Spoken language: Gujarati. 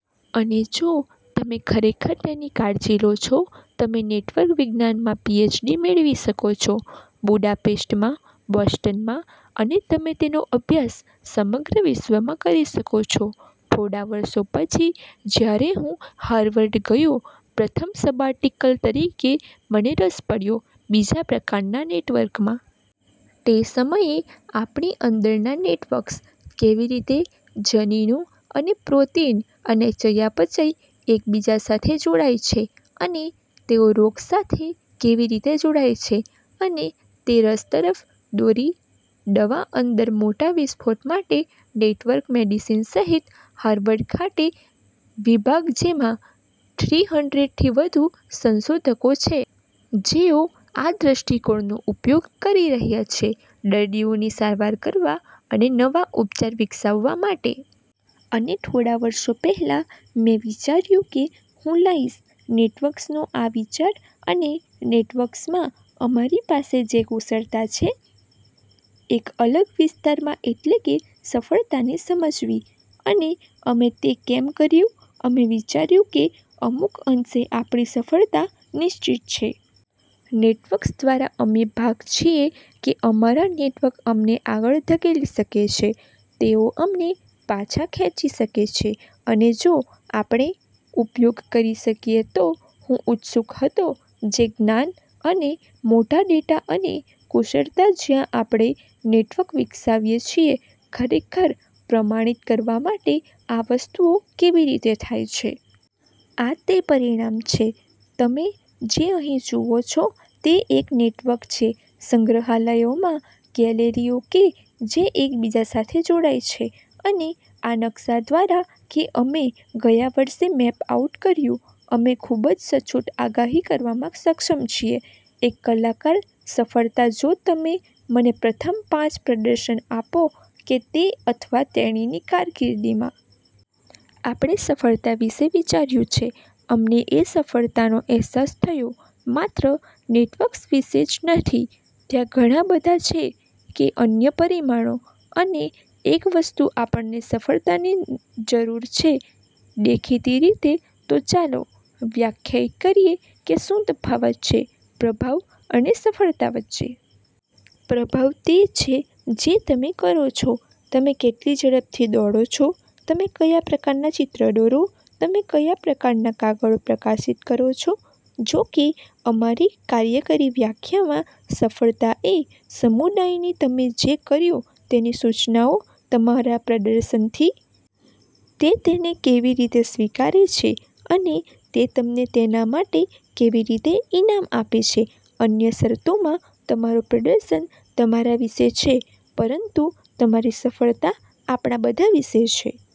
અને જો તમે ખરેખર તેની કાળજી લો છો, તમે નેટવર્ક વિજ્ઞાનમાં પીએચડી મેળવી શકો છો બુડાપેસ્ટમાં, બોસ્ટનમાં, અને તમે તેનો અભ્યાસ સમગ્ર વિશ્વમાં કરી શકો છો. થોડા વર્ષો પછી જ્યારે હું હાર્વર્ડ ગયો પ્રથમ સબાટિકલ તરીકે, મને રસ પડ્યો બીજા પ્રકારનાં નેટવર્કમાં. તે સમયે આપણી અંદરનાં નેટવર્ક્સ કેવી રીતે જનીનો અને પ્રોટીન અને ચયાપચય એકબીજા સાથે જોડાય છે અને તેઓ રોગ સાથે કેવી રીતે જોડાય છે. અને તે રસ તરફ દોરી દવા અંદર મોટા વિસ્ફોટ માટે નેટવર્ક મેડિસિન સહિત હાર્વર્ડ ખાતે વિભાગ જેમાં થ્રી હન્ડ્રેડ થી વધુ સંશોધકો છે જેઓ આ દ્રષ્ટિકોણનો ઉપયોગ કરી રહ્યા છે દર્દીઓની સારવાર કરવા અને નવા ઉપચાર વિકસાવવા માટે. અને થોડા વર્ષો પહેલા, મેં વિચાર્યું કે હું લઈશ નેટવર્ક્સનો આ વિચાર અને નેટવર્ક્સમાં અમારી પાસે જે કુશળતા છે એક અલગ વિસ્તારમાં એટલે કે સફળતાને સમજવી. અને અમે તે કેમ કર્યું? અમે વિચાર્યું કે અમુક અંશે આપણી સફળતા નિશ્ચિત છે. નેટવર્ક્સ દ્વારા અમે ભાગ છીએ કે અમારા નેટવર્ક અમને આગળ ધકેલી શકે છે, તેઓ અમને પાછા ખેંચી શકે છે. અને જો આપણે ઉપયોગ કરી શકીએ તો હું ઉત્સુક હતો જે જ્ઞાન અને મોટા ડેટા અને કુશળતા જ્યાં આપણે નેટવર્ક વિકસાવીએ છીએ ખરેખર પ્રમાણિત કરવા માટે આ વસ્તુઓ કેવી રીતે થાય છે. આ તે પરિણામ છે. તમે જે અહીં જુઓ છો તે એક નેટવર્ક છે સંગ્રહાલયોમાં ગેલેરીઓ કે જે એકબીજા સાથે જોડાય છે. અને આ નકશા દ્વારા કે અમે ગયા વર્ષે મેપ આઉટ કર્યું. અમે ખૂબ જ સચોટ આગાહી કરવામાં સક્ષમ છીએ એક કલાકાર સફળતા જો તમે મને પ્રથમ પાંચ પ્રદર્શન આપો કે તે અથવા તેણીની કારકીર્દિમાં. આપણે સફળતા વિશે વિચાર્યું છે. અમને એ સફળતાનો અહેસાસ થયો માત્ર નેટવર્ક્સ વિશે જ નથી, ત્યાં ઘણા બધા છે કે અન્ય પરિમાણો. અને એક વસ્તુ આપણને સફળતાની જરૂર છે દેખીતી રીતે. તો ચાલો વ્યાખ્યાયિત કરીએ કે શું તફાવત છે પ્રભાવ અને સફળતા વચ્ચે. પ્રભાવ તે છે જે તમે કરો છો. તમે કેટલી ઝડપથી દોડો છો, તમે કયા પ્રકારનાં ચિત્રો દોરો, તમે કયા પ્રકારનાં કાગળો પ્રકાશિત કરો છો. જોકે અમારી કાર્યકારી વ્યાખ્યામાં સફળતા એ સમુદાયની છે તમે જે કર્યું તેની સૂચનાઓ તમારા પ્રદર્શનથી. તે તેને કેવી રીતે સ્વીકારે છે અને તે તમને તેના માટે કેવી રીતે ઇનામ આપે છે? અન્ય શરતોમાં તમારું પ્રદર્શન તમારા વિશે છે પરંતુ તમારી સફળતા આપણા બધા વિશે છે.